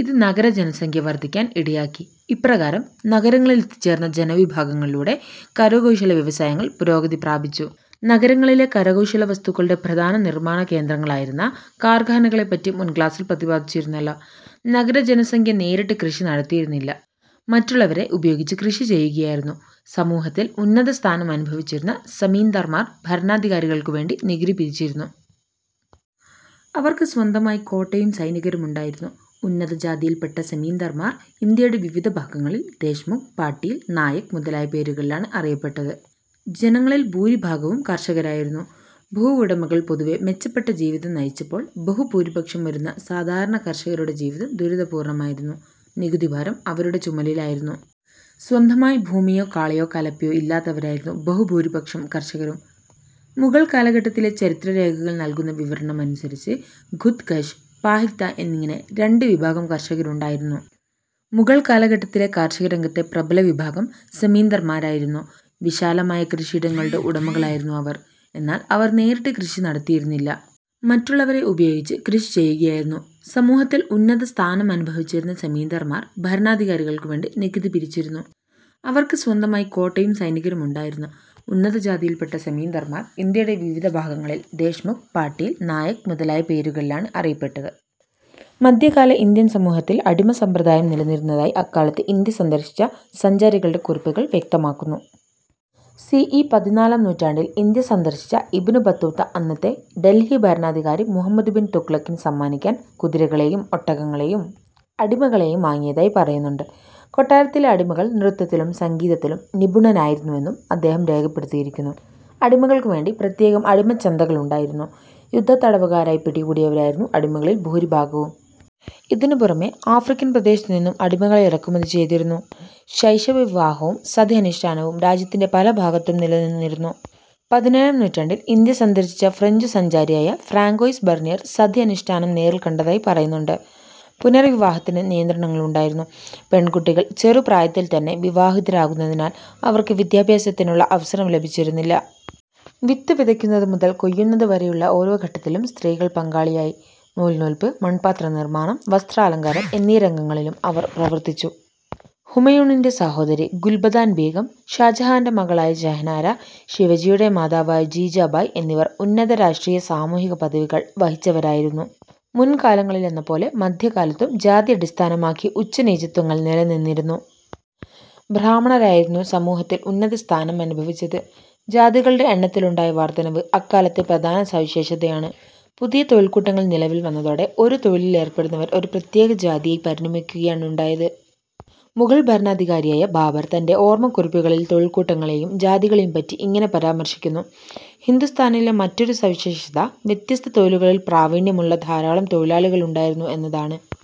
ഇത് നഗരജനസംഖ്യ വർധിക്കാൻ ഇടയാക്കി. ഇപ്രകാരം നഗരങ്ങളിലെത്തിച്ചേർന്ന ജനവിഭാഗങ്ങളിലൂടെ കരകൗശല വ്യവസായങ്ങൾ പുരോഗതി പ്രാപിച്ചു. നഗരങ്ങളിലെ കരകൗശലവസ്തുക്കളുടെ പ്രധാന നിർമാണകേന്ദ്രങ്ങളായിരുന്ന കാർഖാനകളെപ്പറ്റി മുൻ ക്ലാസിൽ പ്രതിപാദിച്ചിരുന്നല്ലോ. നഗരജനസംഖ്യ നേരിട്ട് കൃഷി നടത്തിയിരുന്നില്ല. മറ്റുള്ളവരെ ഉപയോഗിച്ച് കൃഷി ചെയ്യുകയായിരുന്നു. സമൂഹത്തിൽ ഉന്നത സ്ഥാനം അനുഭവിച്ചിരുന്ന സമീന്ദാർമാർ ഭരണാധികാരികൾക്കു വേണ്ടി നികുതി പിരിച്ചിരുന്നു. അവർക്ക് സ്വന്തമായി കോട്ടയും സൈനികരും ഉണ്ടായിരുന്നു. ഉന്നതജാതിയിൽപ്പെട്ട സെമീന്ദാർമാർ ഇന്ത്യയുടെ വിവിധ ഭാഗങ്ങളിൽ ദേശ്മുഖ്, പാട്ടീൽ, നായക് മുതലായ പേരുകളിലാണ് അറിയപ്പെട്ടത്. ജനങ്ങളിൽ ഭൂരിഭാഗവും കർഷകരായിരുന്നു. ഭൂവുടമകൾ പൊതുവെ മെച്ചപ്പെട്ട ജീവിതം നയിച്ചപ്പോൾ ബഹുഭൂരിപക്ഷം വരുന്ന സാധാരണ കർഷകരുടെ ജീവിതം ദുരിതപൂർണമായിരുന്നു. നികുതിഭാരം അവരുടെ ചുമലിലായിരുന്നു. സ്വന്തമായി ഭൂമിയോ കാളയോ കലപ്പയോ ഇല്ലാത്തവരായിരുന്നു ബഹു ഭൂരിപക്ഷം കർഷകരും. മുഗൾ കാലഘട്ടത്തിലെ ചരിത്രരേഖകൾ നൽകുന്ന വിവരണമനുസരിച്ച് ഖുദ് കഷ്, പാഹിക്ത എന്നിങ്ങനെ രണ്ടു വിഭാഗം കർഷകരുണ്ടായിരുന്നു. മുഗൾ കാലഘട്ടത്തിലെ കാർഷികരംഗത്തെ പ്രബല വിഭാഗം സെമീന്ദർമാരായിരുന്നു. വിശാലമായ കൃഷിയിടങ്ങളുടെ ഉടമകളായിരുന്നു അവർ. എന്നാൽ അവർ നേരിട്ട് കൃഷി നടത്തിയിരുന്നില്ല. മറ്റുള്ളവരെ ഉപയോഗിച്ച് കൃഷി ചെയ്യുകയായിരുന്നു. സമൂഹത്തിൽ ഉന്നത സ്ഥാനം അനുഭവിച്ചിരുന്ന സമീന്ദാർമാർ ഭരണാധികാരികൾക്കു വേണ്ടി നികുതി പിരിച്ചിരുന്നു. അവർക്ക് സ്വന്തമായി കോട്ടയും സൈനികരും ഉണ്ടായിരുന്നു. ഉന്നതജാതിയിൽപ്പെട്ട സെമീന്ദാർമാർ ഇന്ത്യയുടെ വിവിധ ഭാഗങ്ങളിൽ ദേശ്മുഖ്, പാട്ടീൽ, നായക് മുതലായ പേരുകളിലാണ് അറിയപ്പെട്ടത്. മധ്യകാല ഇന്ത്യൻ സമൂഹത്തിൽ അടിമ സമ്പ്രദായം നിലനിന്നിരുന്നതായി അക്കാലത്ത് ഇന്ത്യ സന്ദർശിച്ച സഞ്ചാരികളുടെ കുറിപ്പുകൾ വ്യക്തമാക്കുന്നു. സി. ഇ. പതിനാലാം നൂറ്റാണ്ടിൽ ഇന്ത്യ സന്ദർശിച്ച ഇബ്നു ബത്തൂത്ത അന്നത്തെ ഡൽഹി ഭരണാധികാരി മുഹമ്മദ് ബിൻ തുഗ്ലക്കിന് സമ്മാനിക്കാൻ കുതിരകളെയും ഒട്ടകങ്ങളെയും അടിമകളെയും വാങ്ങിയതായി പറയുന്നുണ്ട്. കൊട്ടാരത്തിലെ അടിമകൾ നൃത്തത്തിലും സംഗീതത്തിലും നിപുണരായിരുന്നുവെന്നും അദ്ദേഹം രേഖപ്പെടുത്തിയിരിക്കുന്നു. അടിമകൾക്കുവേണ്ടി പ്രത്യേകം അടിമച്ചന്തകളുണ്ടായിരുന്നു. യുദ്ധത്തടവുകാരായി പിടികൂടിയവരായിരുന്നു അടിമകളിൽ ഭൂരിഭാഗവും. ഇതിനു പുറമെ ആഫ്രിക്കൻ പ്രദേശത്തുനിന്നും അടിമകളെ ഇറക്കുമതി ചെയ്തിരുന്നു. ശൈശവവിവാഹവും സതി അനുഷ്ഠാനവും രാജ്യത്തിന്റെ പല ഭാഗത്തും നിലനിന്നിരുന്നു. പതിനേഴാം നൂറ്റാണ്ടിൽ ഇന്ത്യ സന്ദർശിച്ച ഫ്രഞ്ചു സഞ്ചാരിയായ ഫ്രാങ്കോയിസ് ബർണിയർ സതി അനുഷ്ഠാനം നേരിൽ കണ്ടതായി പറയുന്നുണ്ട്. പുനർവിവാഹത്തിന് നിയന്ത്രണങ്ങളുണ്ടായിരുന്നു. പെൺകുട്ടികൾ ചെറുപ്രായത്തിൽത്തന്നെ വിവാഹിതരാകുന്നതിനാൽ അവർക്ക് വിദ്യാഭ്യാസത്തിനുള്ള അവസരം ലഭിച്ചിരുന്നില്ല. വിത്തു വിതയ്ക്കുന്നതു മുതൽ കൊയ്യുന്നതുവരെയുള്ള ഓരോ ഘട്ടത്തിലും സ്ത്രീകൾ പങ്കാളികളായി. നൂൽ നൂൽപ്പ്, മൺപാത്രനിർമാണം, വസ്ത്രാലങ്കാരം എന്നീ രംഗങ്ങളിലും അവർ പ്രവർത്തിച്ചു. ഹുമയൂണിന്റെ സഹോദരി ഗുൽബദാൻ ബീഗം, ഷാജഹാന്റെ മകളായ ജഹനാര, ശിവജിയുടെ മാതാവായ ജീജാഭായ് എന്നിവർ ഉന്നത രാഷ്ട്രീയ-സാമൂഹിക പദവികൾ വഹിച്ചവരായിരുന്നു. മുൻകാലങ്ങളിലെന്നപോലെ മധ്യകാലത്തും ജാതി അടിസ്ഥാനമാക്കി ഉച്ചനീചത്വങ്ങൾ നിലനിന്നിരുന്നു. ബ്രാഹ്മണരായിരുന്നു സമൂഹത്തിൽ ഉന്നതസ്ഥാനം അനുഭവിച്ചത്. ജാതികളുടെ എണ്ണത്തിലുണ്ടായ വർധനവ് അക്കാലത്തെ പ്രധാന സവിശേഷതയാണ്. പുതിയ തൊഴിൽക്കൂട്ടങ്ങൾ നിലവിൽ വന്നതോടെ ഒരു തൊഴിലിൽ ഏർപ്പെടുന്നവർ ഒരു പ്രത്യേക ജാതിയായി പരിണമിക്കുകയാണുണ്ടായത്. മുഗൾ ഭരണാധികാരിയായ ബാബർ തന്റെ ഓർമക്കുറിപ്പുകളിൽ തൊഴിൽക്കൂട്ടങ്ങളെയും ജാതികളെയും പറ്റി ഇങ്ങനെ പരാമർശിക്കുന്നു. ഹിന്ദുസ്ഥാനിലെ മറ്റൊരു സവിശേഷത വ്യത്യസ്ത തൊഴിലുകളിൽ പ്രാവീണ്യമുള്ള ധാരാളം തൊഴിലാളികളുണ്ടായിരുന്നു എന്നതാണ്.